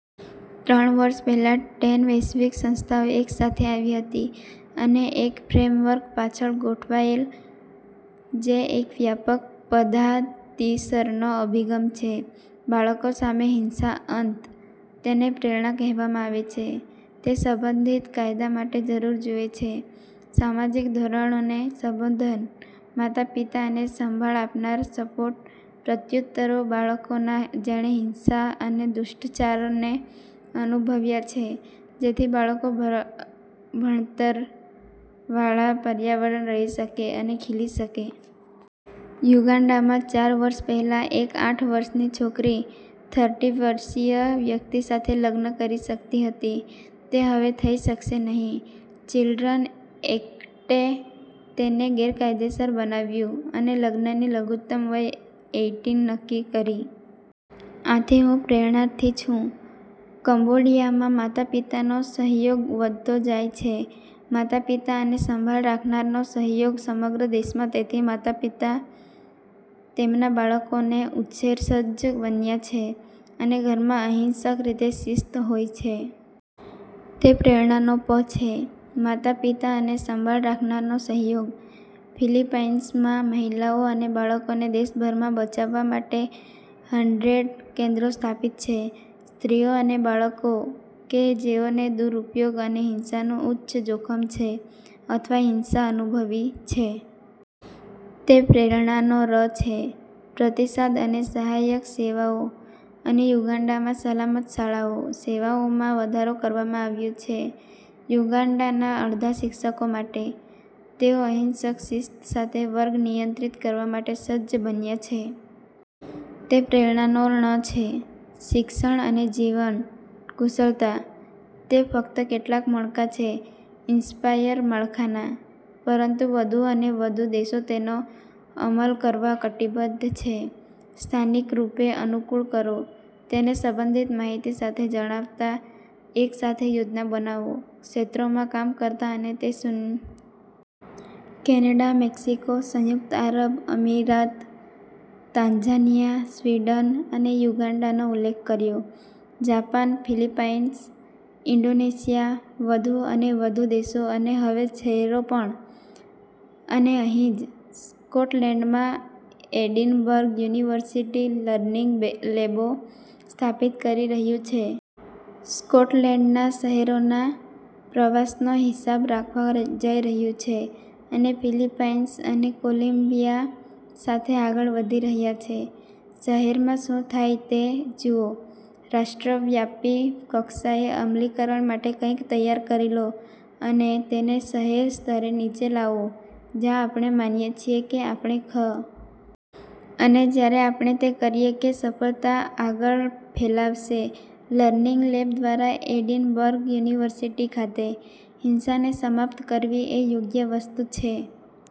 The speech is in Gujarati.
ત્રણ વર્ષ પહેલાં, ટેન વૈશ્વિક સંસ્થાઓ એક સાથે આવી હતી અને એક ફ્રેમવર્ક પાછળ ગોઠવાયેલ જે એક વ્યાપક પધાતિસરનો અભિગમ છે બાળકો સામે હિંસા અંત. તેને પ્રેરણા કેહવામાં આવે છે. તે સંબંધિત કાયદા માટે જરૂર જુએ છે સામાજિક ધોરણોને સંબોધન, માતાપિતા અને સંભાળ આપનાર સપોર્ટ, પ્રત્યુતરો બાળકોના જેણે હિંસા અને દુષ્ટચારને અનુભવ્યા છે જેથી બાળકો ભણતરવાળા પર્યાવરણ રહી શકે અને ખીલી શકે. યુગાન્ડામાં ચાર વર્ષ પહેલાં એક આઠ વર્ષની છોકરી થર્ટી વર્ષીય વ્યક્તિ સાથે લગ્ન કરી શકતી હતી. તે હવે થઈ શકશે નહીં. ચિલ્ડ્રન એકટે તેને ગેરકાયદેસર બનાવ્યું અને લગ્નની લઘુત્તમ વય એઈટીન નક્કી કરી. આથી હું પ્રેરણાર્થી છું. કંબોડિયામાં માતા પિતાનો સહયોગ વધતો જાય છે. માતા પિતા અને સંભાળ રાખનારનો સહયોગ સમગ્ર દેશમાં તેથી માતા પિતા તેમના બાળકોને ઉછેરવા સજ્જ બન્યા છે અને ઘરમાં અહિંસક રીતે શિસ્ત હોય છે. તે પ્રેરણા નો પ છે "માતા પિતા અને સંભાળ રાખનારનો સહયોગ." ફિલિપાઇન્સમાં મહિલાઓ અને બાળકોને દેશભરમાં બચાવવા માટે હન્ડ્રેડ કેન્દ્રો સ્થાપિત છે. સ્ત્રીઓ અને બાળકો કે જેઓને દુરુપયોગ અને હિંસાનું ઉચ્ચ જોખમ છે અથવા હિંસા અનુભવી છે. તે પ્રેરણા નો ર છે "પ્રતિસાદ અને સહાયક સેવાઓ." અને યુગાન્ડામાં, સલામત શાળાઓ સેવાઓમાં વધારો કરવામાં આવ્યું છે યુગાન્ડાના અડધા શિક્ષકો માટે. તેઓ અહિંસક શિસ્ત સાથે વર્ગ નિયંત્રિત કરવા માટે સજ્જ બન્યા છે. તે પ્રેરણા નો ણ છે "શિક્ષણ અને જીવન કુશળતા." તે ફક્ત કેટલાક મણકા છે ઇન્સ્પાયર માળખાના. પરંતુ વધુ અને વધુ દેશો તેનો અમલ કરવા કટિબદ્ધ છે. સ્થાનિક રૂપે અનુકૂળ કરો, તેને સંબંધિત માહિતી સાથે જણાવતા, એક સાથે યોજના બનાવો, ક્ષેત્રોમાં કામ કરતા અને તે શૂન્ય સુધીની યાત્રા શરૂ કરો. કેનેડા, મેક્સિકો, સંયુક્ત આરબ અમીરાત, તાંઝાનિયા, સ્વીડન અને યુગાન્ડાનો ઉલ્લેખ કર્યો. જાપાન, ફિલિપાઇન્સ, ઇન્ડોનેશિયા, વધુ અને વધુ દેશો અને હવે શહેરો પણ. અને અહીં જ સ્કોટલેન્ડમાં એડિનબર્ગ યુનિવર્સિટી લર્નિંગ લેબો સ્થાપિત કરી રહ્યું છે. સ્કોટલેન્ડના શેહરોના પ્રવાસનો હિસાબ રાખવા જઈ રહ્યું છે. અને ફિલિપાઇન્સ અને કોલમ્બિયા સાથે આગળ વધી રહ્યા છે. શહેરમાં શું થાય તે જુઓ, રાષ્ટ્રવ્યાપી કક્ષાએ અમલીકરણ માટે કંઈક તૈયાર કરી લો અને તેને શહેર સ્તરે નીચે લાવો જ્યાં આપણે માનીએ છીએ કે આપણે ખરેખર ઝડપી અને પ્રગતિશીલ બનાવી શકીએ છીએ ટૂંકા ગાળામાં. અને જ્યારે આપણે તે કરીએ કે સફળતા આગળ ફેલાવાશે લર્નિંગ લેબ દ્વારા એડિનબર્ગ યુનિવર્સિટી ખાતે. હિંસાને સમાપ્ત કરવી એ યોગ્ય વસ્તુ છે.